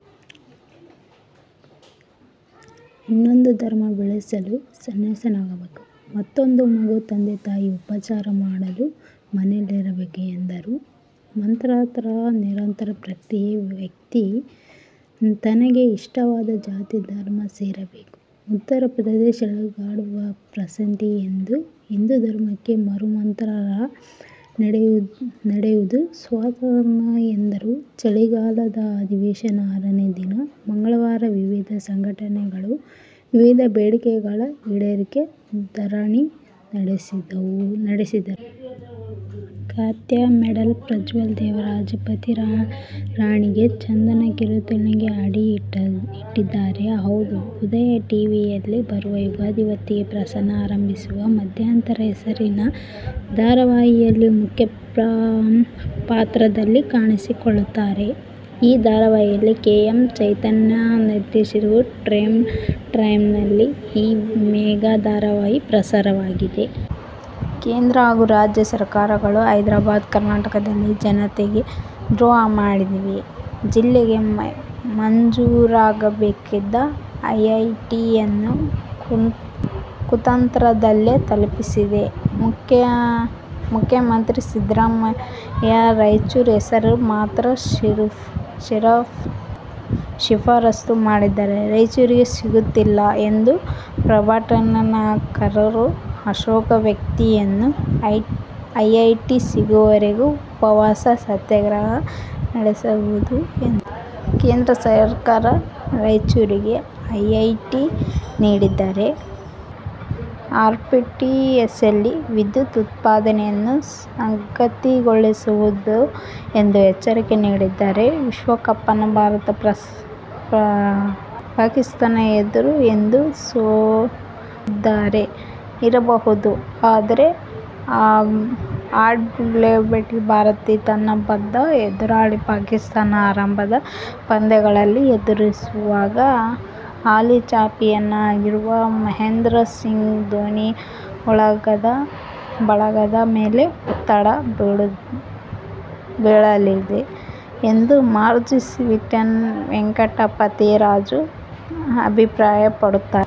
ಇನ್ನೊಂದು ಧರ್ಮ ಬೆಳೆಸಲು ಸನ್ಯಾಸಿಯಾಗಬೇಕು. ಮತ್ತೂಂದು ಮಗು ತಂದೆ-ತಾಯಿಯ ಉಪಚಾರ ಮಾಡಲು ಮನೆಯಲ್ಲಿರಬೇಕು ಎಂದರು. ಮತಾಂತರ ನಿರಂತರ ಪ್ರಕ್ರಿಯೆ. ವ್ಯಕ್ತಿ ತನಗೆ ಇಷ್ಟವಾದ, ಜಾತಿ- ಧರ್ಮ ಸೇರಬಹುದು. ಉತ್ತರಪ್ರದೇಶದಲ್ಲಿ ಘರ್ ವಾಪಸಿ ಎಂದು ಹಿಂದೂ ಧರ್ಮಕ್ಕೆ ಮರುಮತಾಂತರ ನಡೆಯುತ್ತಿರುವುದು ಸ್ವಾಗತಾರ್ಹ ಎಂದರು. ಚಳಿಗಾಲದ ಅಧಿವೇಶನದ ಆರನೇ ದಿನ ಮಂಗಳವಾರ ವಿವಿಧ ಸಂಘಟನೆಗಳು ವಿವಿಧ ಬೇಡಿಕೆಗಳ ಈಡೇರಿಕೆಗೆ ಧರಣಿ ನಡೆಸಿದವು. ಖ್ಯಾತ ಮಾಡೆಲ್, ಪ್ರಜ್ವಲ್ ದೇವರಾಜ್ ಪತ್ನಿ ರಾಗಿಣಿ ಚಂದ್ರನ್ ಕಿರುತೆರೆಗೆ ಅಡಿ ಇಟ್ಟಿದ್ದಾರೆ. ಹೌದು, ಉದಯ ಟಿವಿಯಲ್ಲಿ ಬರುವ ಯುಗಾದಿ ಹೊತ್ತಿಗೆ ಪ್ರಸಾರ ಆರಂಭಿಸುತ್ತಿರುವ "ಮಧ್ಯಂತರ' ಹೆಸರಿನ ಧಾರಾವಾಹಿಯಲ್ಲಿ ಮುಖ್ಯ ಪಾತ್ರದಲ್ಲಿ ಕಾಣಿಸಿಕೊಳ್ಳಲಿದ್ದಾರೆ. ಈ ಧಾರಾವಾಹಿಯನ್ನು ಕೆ. ಎಂ. ಚೈತನ್ಯ ನಿರ್ದೇಶಿಸಲಿದ್ದು ಪ್ರೈಮ್ ಟೈಮ್ನಲ್ಲಿ ಈ ಮೆಗಾ ಧಾರಾವಾಹಿ ಪ್ರಸಾರವಾಗಲಿದೆ. ಕೇಂದ್ರ ಹಾಗೂ ರಾಜ್ಯ ಸರ್ಕಾರಗಳು ಹೈದ್ರಾಬಾದ್ ಕರ್ನಾಟಕದ ಜನತೆಗೆ ದ್ರೋಹ ಮಾಡಿವೆ. ಜಿಲ್ಲೆಗೆ ಮಂಜೂರಾಗಬೇಕಿದ್ದ ಐಐಟಿಯನ್ನು ಕುತಂತ್ರದಿಂದಲೇ ತಪ್ಪಿಸಲಾಗಿದೆ. ಮುಖ್ಯಮಂತ್ರಿ ಸಿದ್ದರಾಮಯ್ಯ ರಾಯಚೂರು ಹೆಸರನ್ನು ಮಾತ್ರ ಶಿಫಾರಸು ಮಾಡಿದ್ದರೆ ರಾಯಚೂರಿಗೆ ಸಿಗುತ್ತಿತ್ತು ಎಂದು ಪ್ರತಿಭಟನಾಕಾರರು ಆಕ್ರೋಶ ವ್ಯಕ್ತಪಡಿಸಿದರು. ಐಐಟಿ ಸಿಗುವವರೆಗೂ ಉಪವಾಸ ಸತ್ಯಾಗ್ರಹ ನಡೆಸಲಾಗುವುದು ಎಂದರು. ಕೇಂದ್ರ ಸರ್ಕಾರ ರಾಯಚೂರಿಗೆ ಐಐಟಿ ನೀಡದಿದ್ದಲ್ಲಿ ಆರ್ಟಿಪಿಎಸ್ನಲ್ಲಿ ವಿದ್ಯುತ್ ಉತ್ಪಾದನೆಯನ್ನು ಸ್ಥಗಿತಗೊಳಿಸಲಾಗುವುದು ಎಂದು ಎಚ್ಚರಿಕೆ ನೀಡಿದರು. ವಿಶ್ವಕಪ್ನಲ್ಲಿ ಭಾರತ ಪಾಕಿಸ್ಥಾನದ ಎದುರು ಎಂದೂ ಸೋತಿರದೆ ಇರಬಹುದು. ಆದರೆ ಆ್ಯಡಿಲೇಡ್ನಲ್ಲಿ ಭಾರತ ತನ್ನ ಬದ್ಧ ಎದುರಾಳಿ ಪಾಕಿಸ್ಥಾನವನ್ನು ಆರಂಭಿಕ ಪಂದ್ಯದಲ್ಲಿ ಎದುರಿಸುವಾಗ ಹಾಲಿ ಚಾಂಪಿಯನ್ ಆಗಿರುವ ಮಹೇಂದ್ರ ಸಿಂಗ್ ಧೋನಿ ಬಳಗದ ಮೇಲೆ ಒತ್ತಡ ಬೀಳಲಿದೆ ಎಂದು ಮಾಜಿ ಸ್ಪಿನ್ನರ್ ವೆಂಕಟಪತಿ ರಾಜು ಅಭಿಪ್ರಾಯಪಡುತ್ತಾರೆ.